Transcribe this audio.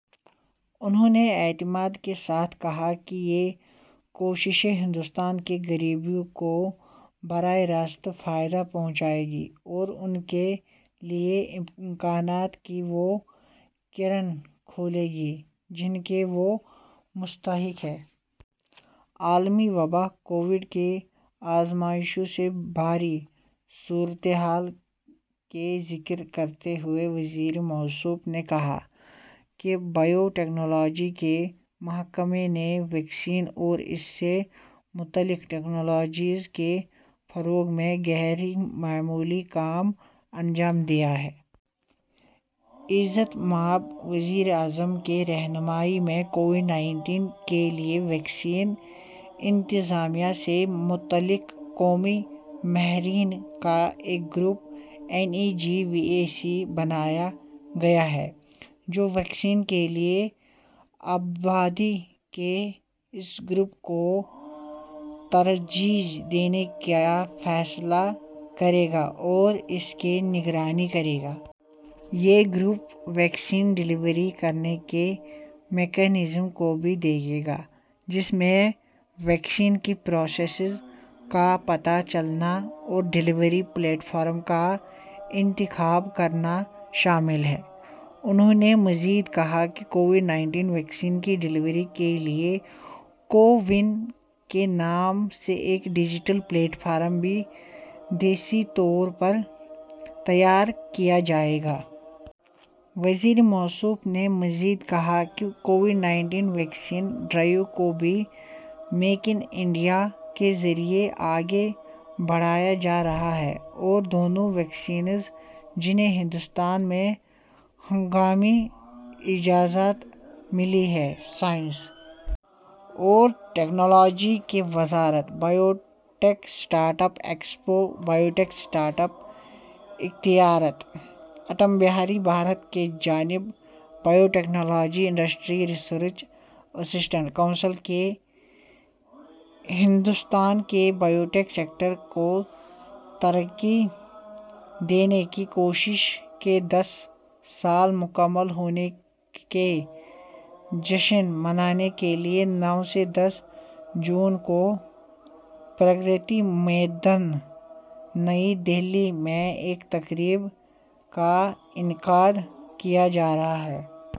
انہوں نے اعتماد کے ساتھ کہا کہ یہ کوششیں ہندوستان کے غریبوں کو براہ راست فائدہ پہنچائیں گی اور ان کے لیے امکانات کی وہ کھڑکیاں کھولیں گی جن کے وہ مستحق ہیں۔ عالمی وبا کووڈ کی آزمائشوں سے بھری صورتحال کا ذکر کرتے ہوئے وزیر موصوف نے کہا کہ بائیو ٹیکنالوجی کے محکمے نے ویکسین اور اس سے متعلق ٹیکنالوجیز کے فروغ میں غیر معمولی کام انجام دیا ہے۔ عزت مآب وزیراعظم کی رہنمائی میں کووڈ نائنٹین کے لیے ویکسین انتظامیہ سے متعلق قومی ماہرین کا ایک group N E G V A C بنایا گیا ہے، جو ویکسین کے لیے آبادی کے اس گروپ کو ترجیح دینے کا فیصلہ کرے گا اور اس کی نگرانی کرے گا۔ یہ گروپ ویکسین ڈیلیوری کرنے کے میکانزم کو بھی دیکھے گا، جس میں ویکسین کے پروسیس کا پتہ چلانا اور ڈیلیوری پلیٹ فارم کا انتخاب کرنا شامل ہے۔ انہوں نے مزید کہا کہ کووڈ نائنٹین ویکسین کی ڈیلیوری کے لیے کو وِن کے نام سے ایک ڈیجیٹل پلیٹ فارم بھی دیسی طور پر تیار کیا گیا ہے۔ وزیر موصوف نے مزید کہا کہ کووڈ نائنٹین ویکسین ڈرائیو کو بھی میک اِن انڈیا کے ذریعے آگے بڑھایا جا رہا ہے اور دونوں ویکسین جنہیں ہندوستان میں ہنگامی اجازت ملی ہے۔ سائنس اور ٹیکنالوجی کی وزارت biotech startup expo biotech startup اختراعات: آتم نربھر بھارت کی جانب biotechnology industry research assistance council کی ہندوستان کے بائیوٹیک سیکٹر کو ترقی دینے کی کوششوں کے دس سال مکمل ہونے کا جشن منانے کے لیے، نو سے دس جون کو پرگتی میدان، نئی دہلی میں ایک تقریب کا انعقاد کیا جا رہا ہے۔